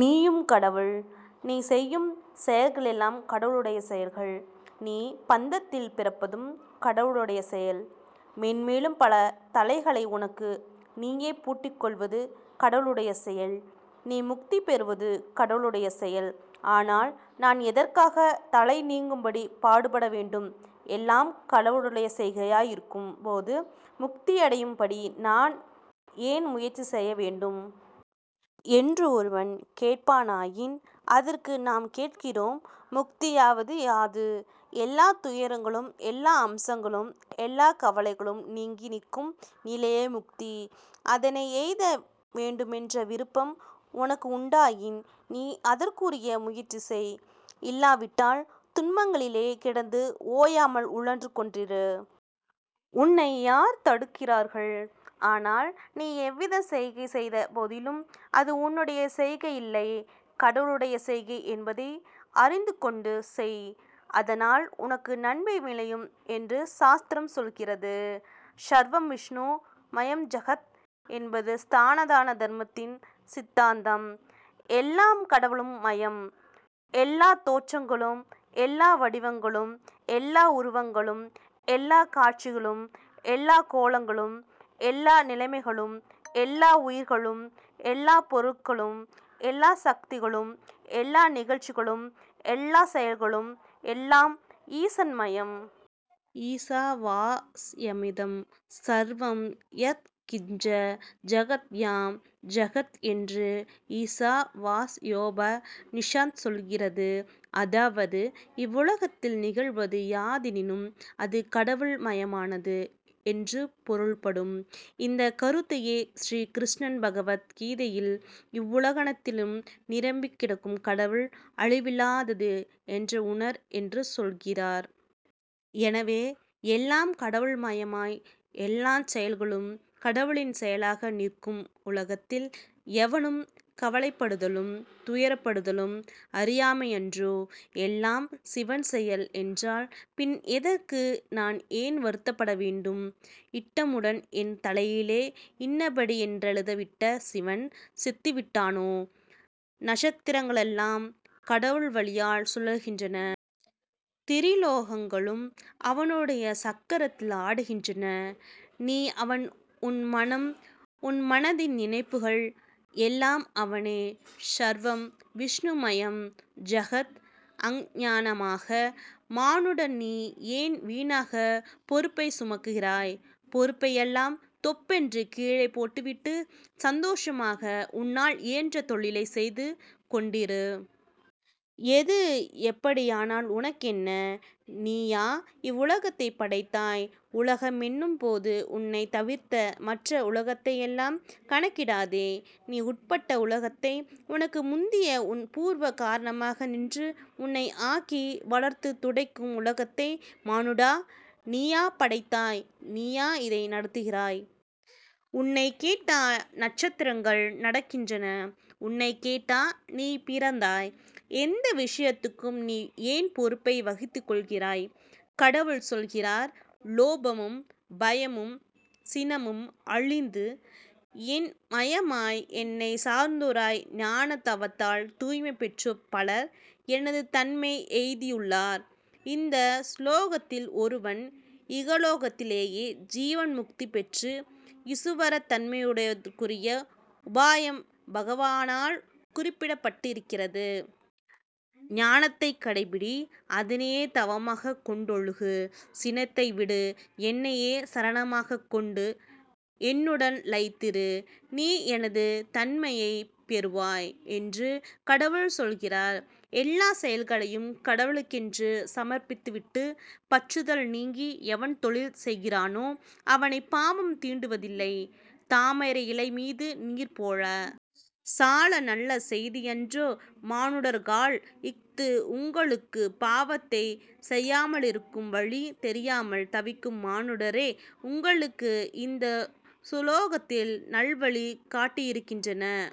நீயும் கடவுள், நீ செய்யும் செயல்களெல்லாம் கடவுளுடைய செயல்கள், நீ பந்தத்தில் பிறப்பதும் கடவுளுடைய செயல். மேன்மேலும் பல தளைகளை உனக்கு நீயே பூட்டிக் கொள்வதும் கடவுளுடைய செயல். நீ முக்தி பெறுவதும் கடவுளுடைய செயல். 'ஆனால் நான் எதற்காக தளை நீங்கும்படி பாடுபடவேண்டும்? எல்லாம் கடவுளுடைய செய்கையாய் இருக்கும் போது முக்தியடையும் படி நான் ஏன் முயற்சி செய்ய வேண்டும்? ' என்று ஒருவன் கேட்பானாயின், அதற்கு நாம் கேட்கிறோம், 'முக்தியாவது யாது? ' எல்லாத் துயரங்களும் எல்லா அம்சங்களும் எல்லாக் கவலைகளும் நீங்கி நிற்கும் நிலையே முக்தி. அதனை எய்த வேண்டுமென்ற விருப்பம் உனக்குண்டாயின், நீ அதற்குரிய முயற்சி செய். இல்லாவிட்டால், துன்பங்களிலே கிடந்து ஓயாமல் உழன்று கொண்டிரு. உன்னை யார் தடுக்கிறார்கள்? ஆனால், நீ எவ்விதச் செய்கை செய்த போதிலும், அது உன்னுடைய செய்கையில்லை. கடவுளுடைய செய்கை' என்பதை அறிந்துகொண்டு செய். அதனால் உனக்கு நன்மை விளையும் என்று சாஸ்திரம் சொல்லுகிறது. 'ஸர்வம் விஷ்ணு மயம் ஜகத்' என்பது ஸநாதன தர்மத்தின் சித்தாந்தம். எல்லாம் கடவுள் மயம், எல்லாத் தோற்றங்களும், எல்லா வடிவங்களும், எல்லா உருவங்களும், எல்லாக் காட்சிகளும், எல்லாக் கோலங்களும், எல்லா நிலைமைகளும், எல்லா உயிர்களும், எல்லாப் பொருள்களும், எல்லா சக்திகளும், எல்லா நிகழ்ச்சிகளும், எல்லாச் செயல்களும் எல்லாம் ஈசன் மயம். 'ஈசாவாஸ்யமிதம் ஸர்வம் யத் கிஞ்ச ஜகத்யாம் ஜகத்' என்று ஈசாவாஸ்யோப நிஷத் சொல்லுகிறது. அதாவது 'இவ்வுலகத்தில் நிகழ்வது யாதாயினும் அது கடவுள் மயமானது' என்று பொருள்படும். இந்தக் கருத்தையே ஸ்ரீ கிருஷ்ணன் பகவத் கீதையில், 'இவ்வுலகனைத்திலும் நிரம்பிக் கிடக்கும் கடவுள் அழிவில்லாதது என்று உணர்' என்று சொல்லுகிறார். எனவே எல்லாம் கடவுள் மயமாய், எல்லாச் செயல்களும் கடவுளின் செயலாக நிற்கும் உலகத்தில், எவனும் கவலைப்படுதலும், துயர்ப்படுதலும் அறியாமையன்றோ? 'எல்லாம் சிவன் செயல்' என்றால், பின் எதற்கும் நான் ஏன் வருத்தப்பட வேண்டும்? 'இட்டமுடன்' என் தலையிலே இன்னபடி யென்றெழுதிவிட்ட சிவன் செத்துவிட்டானோ? ' நக்ஷத்திரங்களெல்லாம் கடவுள் வலியால் சுழல்கின்றன. திரிலோகங்களும் அவனுடைய சக்கரத்தில் ஆடுகின்றன. நீ அவன், உன் மனம், உன் மனத்தின் நினைப்புகள் எல்லாம் அவனே ''ஸர்வம் விஷ்ணுமயம் ஜகத் அங்ஙனமாக, மானுடா, நீ ஏன் வீணாகப் பொறுப்பைச் சுமக்கிறாய்? பொறுப்பையெல்லாம் தொப்பென்று கீழே போட்டுவிட்டு, சந்தோஷமாக உன்னால் இயன்ற தொழிலைச் செய்து கொண்டிரு. எது எப்படியானால் உனக்கென்ன? நீயா இவ்வுலகத்தைப் படைத்தாய்? உலகமென்னும் போது உன்னைத் தவிர்ந்த மற்ற உலகத்தையெல்லாம் கணக்கிடாதே. நீ உட்பட்ட உலகத்தை, உனக்கு முந்தியே உன் பூர்வ காரணமாக நின்று உன்னை ஆக்கி வளர்த்துத் துடைக்கும் உலகத்தை, மானுடா, நீயா படைத்தாய்? நீயா இதை நடத்துகிறாய்? உன்னைக் கேட்டா நக்ஷத்திரங்கள் நடக்கின்றன? உன்னைக் கேட்டா நீ பிறந்தாய்? எந்த விஷயத்துக்கும் நீ ஏன் பொறுப்பை வகித்துக் கொள்கிறாய்? கடவுள் சொல்லுகிறார் லோபமும் பயமும் சினமும் அழிந்து, என் மயமாய், என்னைச் சார்ந்தோராய், ஞானத் தவத்தால் தூய்மை பெற்றோர் பலர் எனது தன்மை எய்தியுள்ளார் இந்த சுலோகத்தில் ஒருவன் இகலோகத்திலேயே ஜீவன் முக்தி பெற்று ஈசுவரத் தன்மையடைதற்குரிய உபாயம் பகவானால் குறிப்பிடப்பட்டிருக்கிறது. ஞானத்தைக் கடைப்பிடி. அதனையே தவமாகக் கொண்டொழுகு. சினத்தை விடு. என்னையே சரணமாகக் கொண்டு என்னுடன் லயித்திரு. நீ எனது தன்மையை பெறுவாய் என்று கடவுள் சொல்லுகிறார். எல்லாச் செயல்களையும் கடவுளுக்கென்று சமர்ப்பித்து விட்டுப் பற்றுதல் நீக்கி எவன் தொழில் செய்கிறானோ அவனைப் பாவம் தீண்டுவதில்லை. தாமரையிலை மீது நீர் போலே. சால நல்ல செய்தியன்றோ, மானுடர்காள், இஃது உங்களுக்கு! பாவத்தை செய்யாமலிருக்கும் வழி தெரியாமல் தவிக்கும் மானுடரே! உங்களுக்கு இந்த சுலோகத்தில் நல்வழி காட்டியிருக்கின்றான்